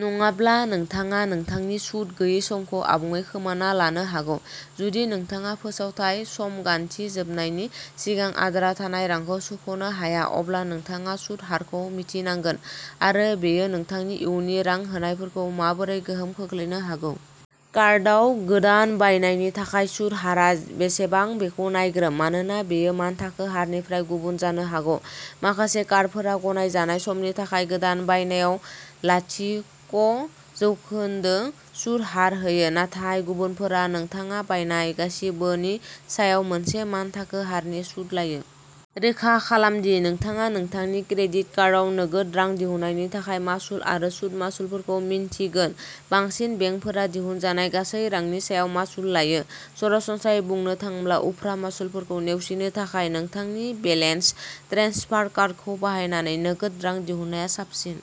नङाब्ला नोंथाङा नोंथांनि सुद गैयै समखौ आबुङै खोमाना लानो हागौ। जुदि नोंथाङा फोसावथाय समगान्थि जोबनायनि सिगां आद्रा थानाय रांखौ सुख'नो हाया, अब्ला नोंथाङा सुद हारखौ मिथिनांगोन आरो बेयो नोंथांनि इयुननि रां होनायफोरखौ माबोरै गोहोम खोख्लैनो हागौ। कार्डआव गोदान बायनायनि थाखाय सुत हारआ बेसेबां बेखौ नायग्रोम, मानोना बेयो मानथाखो हारनिफ्राय गुबुन जानो हागौ। माखासे कार्डफोरा गनायजानाय समनि थाखाय गोदान बायनायाव लाथिक' जौखोन्दो सुत हार होयो, नाथाय गुबुनफोरा नोंथाङा बायनाय गासिबोनि सायाव मोनसे मानथाखो हारनि सुत लायो। रोखा खालाम दि नोंथाङा नोंथांनि क्रेडिट कार्डआव नोगोद रां दिहुननायनि थाखाय मासुल आरो सुद मासुलफोरखौ मिन्थिगोन। बांसिन बेंकफोरा दिहुनजानाय गासै रांनि सायाव मासुल लायो। सरासनस्रायै बुंनो थाङोब्ला, उफ्रा मासुलफोरखौ नेवसिनो थाखाय नोंथांनि बेलेन्स ट्रेन्सफार कार्डखौ बाहायनानै नोगोद रां दिहुननाया साबसिन।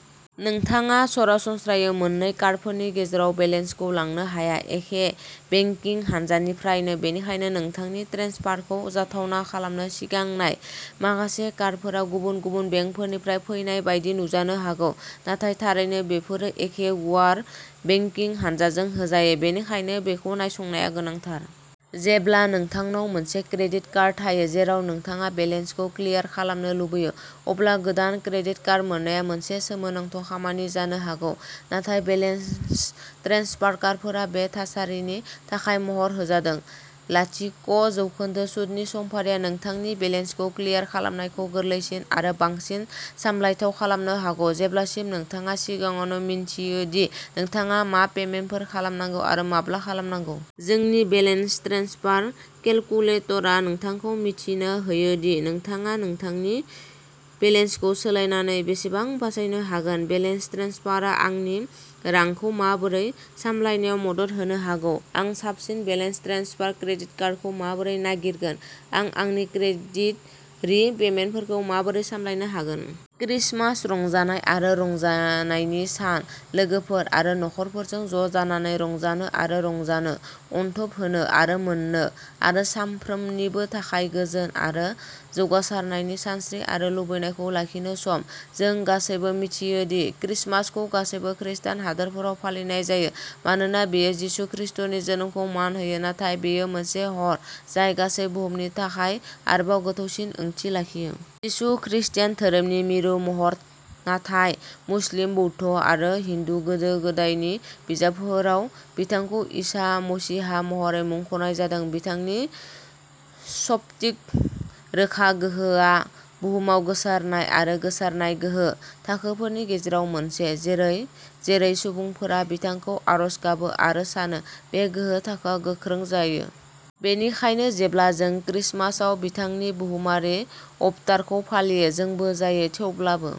नोंथाङा सरासनस्रायै मोन्नै कार्डफोरनि गेजेराव बेलेन्सखौ लांनो हाया। एखे बेंकिं हानजानिफ्रायनो, बेनिखायनो नोंथांनि ट्रेन्सफारखौ जाथावना खालामनो सिगां नाय। माखासे कार्डफोरा गुबुन-गुबुन बेंकफोरनिफ्राय फैनाय बायदि नुजानो हागौ, नाथाय थारैनो बेफोरो एखे गुवार बेंकिं हानजाजों होजायो, बेनिखायनो बेखौ नायसंनाया गोनांथार। जेब्ला नोंथांनाव मोनसे क्रेडिट कार्ड थायो, जेराव नोंथाङा बेलेन्सखौ क्लियार खालामनो लुबैयो, अब्ला गोदान क्रेडिट कार्ड मोननाया मोनसे सोमोनांथाव खामानि जानो हागौ। नाथाय बेलेन्स ट्रेन्सफार कार्डफोरा बे थासारिनि थाखाय महर होजादों। लाथिक' जौखोन्दो सुतनि समफारिआ नोंथांनि बेलेन्सखौ क्लियार खालामनायखौ गोरलैसिन आरो बांसिन सामलायथाव खालामनो हागौ, जेब्लासिम नोंथाङा सिगाङावनो मिन्थियो दि नोंथाङा मा पेमेन्टफोर खालामनांगौ आरो माब्ला खालामनांगौ। जोंनि बेलेन्स ट्रेन्सफार केलकुलेटरआ नोंथांखौ मिथिनो होयो दि नोंथाङा नोंथांनि बेलेन्सखौ सोलायनानै बेसेबां बासायनो हागोन। बेलेन्स ट्रेन्सफारआ आंनि रांखौ माबोरै सामलायनायाव मदद होनो हागौ? आं साबसिन बेलेन्स ट्रेन्सफार क्रेडिट कार्डखौ माबोरै नागिरगोन? आं आंनि क्रेडिट रि-पेमेन्टफोरखौ माबोरै सामलायनो हागोन? क्रिसमास रंजानाय आरो रंजानायनि सान। लोगोफोर आरो नखरफोरजों ज'जानानै रंजानो आरो रंजानो, अनथोब होनो आरो मोन्नो, आरो साफ्रोमनिबो थाखाय गोजोन आरो जौगासारनायनि सानस्रि आरो लुबैनायखौ लाखिनो सम। जों गासैबो मिथियो दि क्रिसमासखौ गासैबो खृस्टान हादोरफोराव फालिनाय जायो मानोना बेयो जिसु खृस्टनि जोनोमखौ मान होयो, नाथाय बेयो मोनसे हर जाय गासै बुहुमनि थाखाय आरोबाव गोथौसिन ओंथि लाखियो। जिसु खृस्टान धोरोमनि मिरु महर, नाथाय मुस्लिम, बौद्ध आरो हिन्दु गोदो गोदायनि बिजाबफोराव बिथांखौ इसा मसीहा महरै मुंख'नाय जादों। बिथांनि स्फटिक रोखा गोहो आ बुहुमाव गोसारनाय आरो गोसारनाय गोहो थाखोफोरनि गेजेराव मोनसे। जेरै-जेरै सुबुंफोरा बिथांखौ आरज गाबो आरो सानो, बे गोहो थाखोआ गोख्रों जायो। बेनिखायनो जेब्ला जों क्रिसमासआव बिथांनि बुहुमारि अबतारखौ फालियो, जोंबो जायो, थेवब्लाबो।